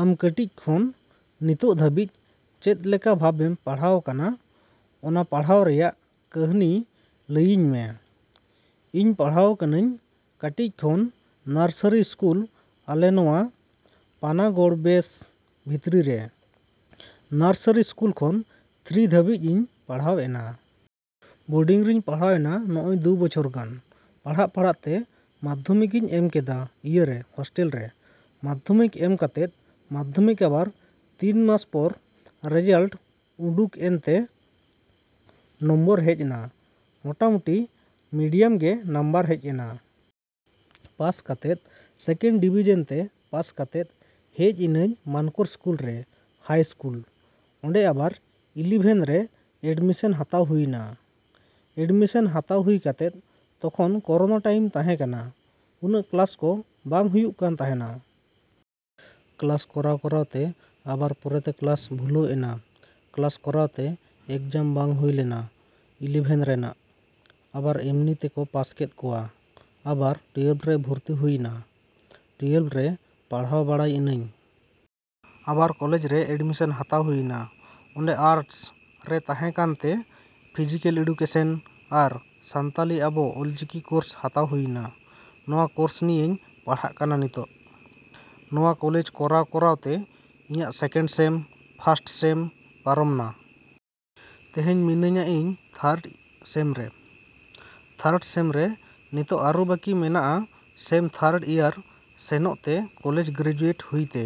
ᱟᱢ ᱠᱟᱹᱴᱤᱡ ᱠᱷᱚᱱ ᱱᱤᱛᱚᱜ ᱫᱷᱟᱹᱵᱤᱡ ᱪᱮᱫ ᱞᱮᱠᱟ ᱵᱷᱟᱵᱽᱮᱢ ᱯᱟᱲᱦᱟᱣ ᱠᱟᱱᱟ, ᱚᱱᱟ ᱯᱟᱲᱦᱟᱣ ᱨᱮᱭᱟᱜ ᱠᱟᱹᱦᱱᱤ ᱞᱟᱹᱭᱤᱧ ᱢᱮ᱾ ᱤᱧ ᱯᱟᱲᱦᱟᱣ ᱠᱟᱹᱱᱟᱹᱧ ᱠᱟᱹᱴᱤᱡ ᱠᱷᱚᱱ ᱱᱟᱨᱥᱟᱨᱤ ᱥᱠᱩᱞ ᱟᱞᱮ ᱱᱚᱣᱟ ᱯᱟᱱᱟᱜᱚᱲ ᱵᱮᱥ ᱵᱷᱤᱛᱨᱤ ᱨᱮ᱾ ᱱᱟᱨᱥᱟᱨᱤ ᱥᱠᱩᱞ ᱠᱷᱚᱱ ᱛᱷᱨᱤ ᱫᱷᱟᱹᱵᱤᱡ ᱤᱧ ᱯᱟᱲᱦᱟᱣ ᱮᱱᱟ᱾ ᱵᱳᱰᱤᱝ ᱨᱤᱧ ᱯᱟᱲᱦᱟᱣᱱᱟ ᱱᱚᱜᱼᱚᱭ ᱫᱩ ᱵᱚᱪᱷᱚᱨ ᱜᱟᱱ᱾ ᱯᱟᱲᱦᱟᱜ-ᱯᱟᱲᱦᱟᱜ ᱛᱮ ᱢᱟᱫᱽᱫᱷᱚᱢᱤᱠ ᱤᱧ ᱮᱢ ᱠᱮᱫᱟ ᱤᱭᱟᱹ ᱨᱮ, ᱦᱳᱥᱴᱮᱞ ᱨᱮ᱾ ᱢᱟᱫᱽᱫᱷᱚᱢᱤᱠ ᱮᱢ ᱠᱟᱛᱮᱫ ᱢᱟᱫᱽᱫᱷᱚᱢᱤᱠ ᱟᱵᱟᱨ ᱛᱤᱱ ᱢᱟᱥ ᱯᱚᱨ ᱨᱮᱡᱟᱞᱴ ᱩᱸᱰᱩᱠ ᱮᱱᱛᱮ ᱱᱚᱢᱵᱚᱨ ᱦᱮᱡ ᱮᱱᱟ᱾ ᱢᱳᱴᱟᱢᱩᱴᱤ ᱢᱤᱰᱤᱭᱟᱢ ᱜᱮ ᱱᱟᱢᱵᱟᱨ ᱦᱮᱡ ᱮᱱᱟ᱾ ᱯᱟᱥ ᱠᱟᱛᱮᱫ ᱥᱮᱠᱮᱱᱰ ᱰᱤᱵᱷᱤᱡᱮᱱ ᱛᱮ ᱯᱟᱥ ᱠᱟᱛᱮᱫ ᱦᱮᱡ ᱤᱱᱟᱹᱧ ᱢᱟᱱᱠᱚᱨ ᱥᱠᱩᱞ ᱨᱮ ᱦᱟᱭ ᱥᱠᱩᱞ᱾ ᱚᱸᱰᱮ ᱟᱵᱟᱨ ᱤᱞᱤᱵᱷᱮᱱ ᱨᱮ ᱮᱰᱢᱤᱥᱮᱱ ᱦᱟᱛᱟᱣ ᱦᱩᱭ ᱱᱟ᱾ ᱮᱰᱢᱤᱥᱮᱱ ᱦᱟᱛᱟᱣ ᱦᱩᱭ ᱠᱟᱛᱮᱫ ᱛᱚᱠᱷᱚᱱ ᱠᱳᱨᱳᱱᱟ ᱴᱟᱭᱤᱢ ᱛᱟᱦᱮᱸ ᱠᱟᱱᱟ᱾ ᱩᱱᱟᱹᱜ ᱠᱞᱟᱥ ᱠᱚ ᱵᱟᱝ ᱦᱩᱭᱩᱜ ᱠᱟᱱ ᱛᱟᱦᱮᱱᱟ᱾ ᱠᱞᱟᱥ ᱠᱚᱨᱟᱣ-ᱠᱚᱨᱟᱣ ᱛᱮ ᱟᱵᱟᱨ ᱯᱚᱨᱮᱛᱮ ᱠᱞᱟᱥ ᱠᱷᱩᱞᱟᱹᱣ ᱮᱱᱟ᱾ ᱠᱞᱟᱥ ᱠᱚᱨᱟᱣ ᱛᱮ ᱮᱠᱡᱟᱢ ᱵᱟᱝ ᱦᱩᱭ ᱞᱮᱱᱟ ᱤᱞᱤᱵᱷᱮᱱ ᱨᱮᱱᱟᱜ᱾ ᱟᱵᱟᱨ ᱮᱢᱱᱤ ᱛᱮᱠᱚ ᱯᱟᱥ ᱠᱮᱫ ᱠᱚᱣᱟ᱾ ᱟᱵᱟᱨ ᱴᱩᱭᱮᱞᱵᱷ ᱨᱮ ᱵᱷᱚᱨᱛᱤ ᱦᱩᱭ ᱱᱟ᱾ ᱴᱩᱭᱮᱞᱵᱷ ᱨᱮ ᱯᱟᱲᱦᱟᱣ ᱵᱟᱲᱟᱭ ᱤᱱᱟᱹᱧ᱾ ᱟᱵᱟᱨ ᱠᱚᱞᱮᱡᱽ ᱨᱮ ᱮᱰᱢᱤᱥᱮᱱ ᱦᱟᱛᱟᱣ ᱦᱩᱭ ᱱᱟ᱾ ᱚᱸᱰᱮ ᱟᱨᱴᱥ ᱨᱮ ᱛᱟᱦᱮᱸ ᱠᱟᱱᱛᱮ ᱯᱷᱤᱡᱤᱠᱮᱞ ᱮᱰᱩᱠᱮᱥᱮᱱ ᱟᱨ ᱥᱟᱱᱛᱟᱞᱤ ᱟᱵᱚ ᱚᱞᱪᱤᱠᱤ ᱠᱳᱨᱥ ᱦᱟᱛᱟᱣ ᱦᱩᱭ ᱱᱟ᱾ ᱱᱚᱣᱟ ᱠᱳᱨᱥ ᱱᱤᱭᱮᱧ ᱯᱟᱲᱦᱟᱜ ᱠᱟᱱᱟ ᱱᱤᱛᱚᱜ᱾ ᱱᱚᱣᱟ ᱠᱚᱞᱮᱡᱽ ᱠᱚᱨᱟᱣ-ᱠᱚᱨᱟᱣ ᱛᱮ ᱤᱧᱟᱹᱜ ᱥᱮᱠᱮᱱᱰ ᱥᱮᱢ, ᱯᱷᱟᱥᱴ ᱥᱮᱢ ᱯᱟᱨᱚᱢ ᱱᱟ᱾ ᱛᱮᱦᱮᱧ ᱢᱤᱱᱟᱹᱧᱟ ᱤᱧ ᱛᱷᱟᱨᱰ ᱥᱮᱢ ᱨᱮ᱾ ᱛᱷᱟᱨᱰ ᱥᱮᱢ ᱨᱮ ᱱᱤᱛᱚᱜ ᱟᱨᱚ ᱵᱟᱠᱤ ᱢᱮᱱᱟᱜᱼᱟ ᱥᱮᱢ ᱛᱷᱟᱨᱰ ᱤᱭᱟᱨ ᱥᱮᱱᱚᱜ ᱛᱮ ᱠᱚᱞᱮᱡᱽ ᱜᱨᱮᱡᱩᱭᱮᱴ ᱦᱩᱭ ᱛᱮ᱾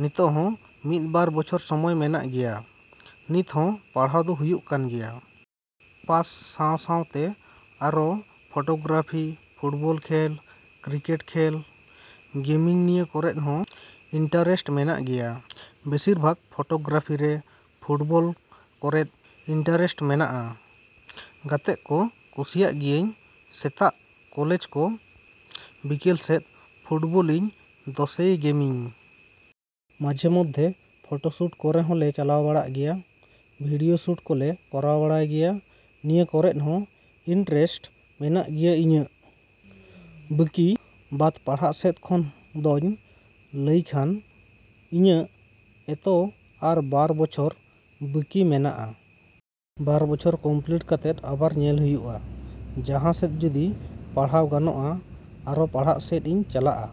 ᱱᱤᱛᱚᱜ ᱦᱚᱸ ᱢᱤᱫ ᱵᱟᱨ ᱵᱚᱪᱷᱚᱨ ᱥᱚᱢᱚᱭ ᱢᱮᱱᱟᱜ ᱜᱮᱭᱟ᱾ ᱱᱤᱛ ᱦᱚᱸ ᱯᱟᱲᱦᱟᱣ ᱫᱚ ᱦᱩᱭᱩᱜ ᱠᱟᱱ ᱜᱮᱭᱟ᱾ ᱯᱟᱥ ᱥᱟᱶ ᱥᱟᱶᱛᱮ ᱟᱨᱚ ᱯᱷᱳᱴᱳᱜᱨᱟᱯᱷᱤ, ᱯᱷᱩᱴᱵᱚᱞ ᱠᱷᱮᱞ, ᱠᱤᱨᱠᱮᱴ ᱠᱷᱮᱞ, ᱜᱮᱢᱤᱝ ᱱᱤᱭᱟᱹ ᱠᱚᱨᱮᱫ ᱦᱚᱸ ᱤᱱᱴᱟᱨᱮᱥᱴ ᱢᱮᱱᱟᱜ ᱜᱮᱭᱟ᱾ ᱵᱮᱥᱤᱨ ᱵᱷᱟᱜᱽ ᱯᱷᱳᱴᱳᱜᱨᱟᱯᱷᱤ ᱨᱮ, ᱯᱷᱩᱴᱵᱚᱞ ᱠᱚᱨᱮᱫ ᱤᱱᱴᱟᱨᱮᱥᱴ ᱢᱮᱱᱟᱜᱼᱟ᱾ ᱜᱟᱛᱮᱜ ᱠᱚ ᱠᱩᱥᱤᱜ ᱜᱤᱭᱟᱹᱧ ᱥᱮᱛᱟᱜ ᱠᱚᱞᱮᱡᱽ ᱠᱚ ᱵᱤᱠᱮᱞ ᱥᱮᱫ ᱯᱷᱩᱴᱵᱚᱞ ᱤᱧ ᱫᱚᱥᱮᱭ ᱜᱮᱢᱤᱝ᱾ ᱢᱟᱡᱷᱮᱼᱢᱟᱡᱷᱮ ᱯᱷᱳᱴᱳᱥᱩᱴ ᱠᱚᱨᱮ ᱦᱚᱸᱞᱮ ᱪᱟᱞᱟᱣ ᱵᱟᱲᱟᱜ ᱜᱮᱭᱟ᱾ ᱵᱷᱤᱰᱤᱭᱳ ᱥᱩᱴ ᱠᱚᱞᱮ ᱠᱚᱨᱟᱣ ᱵᱟᱲᱟᱭ ᱜᱮᱭᱟ᱾ ᱱᱤᱭᱟᱹ ᱠᱚᱨᱮᱫ ᱦᱚᱸ ᱤᱱᱴᱨᱮᱥᱴ ᱢᱮᱱᱟᱜ ᱜᱮᱭᱟ ᱤᱧᱟᱹᱜ᱾ ᱵᱟᱹᱠᱤ ᱵᱟᱫᱽ ᱯᱟᱲᱦᱟᱜ ᱥᱮᱫ ᱠᱷᱚᱱ ᱫᱚᱧ ᱞᱟᱹᱭ ᱠᱷᱟᱱ ᱤᱧᱟᱹᱜ ᱮᱛᱚ ᱟᱨ ᱵᱟᱨ ᱵᱚᱪᱷᱚᱨ ᱵᱟᱹᱠᱤ ᱢᱮᱱᱟᱜᱼᱟ᱾ ᱵᱟᱨ ᱵᱚᱪᱷᱚᱨ ᱠᱚᱢᱯᱞᱤᱴ ᱠᱟᱛᱮᱫ ᱟᱵᱟᱨ ᱧᱮᱞ ᱦᱩᱭᱩᱜᱼᱟ ᱡᱟᱦᱟᱸ ᱥᱮᱫ ᱡᱩᱫᱤ ᱯᱟᱲᱦᱟᱣ ᱜᱟᱱᱚᱜᱼᱟ ᱟᱨᱚ ᱯᱟᱲᱦᱟᱜ ᱥᱮᱫ ᱤᱧ ᱞᱟᱦᱟᱜᱼᱟ᱾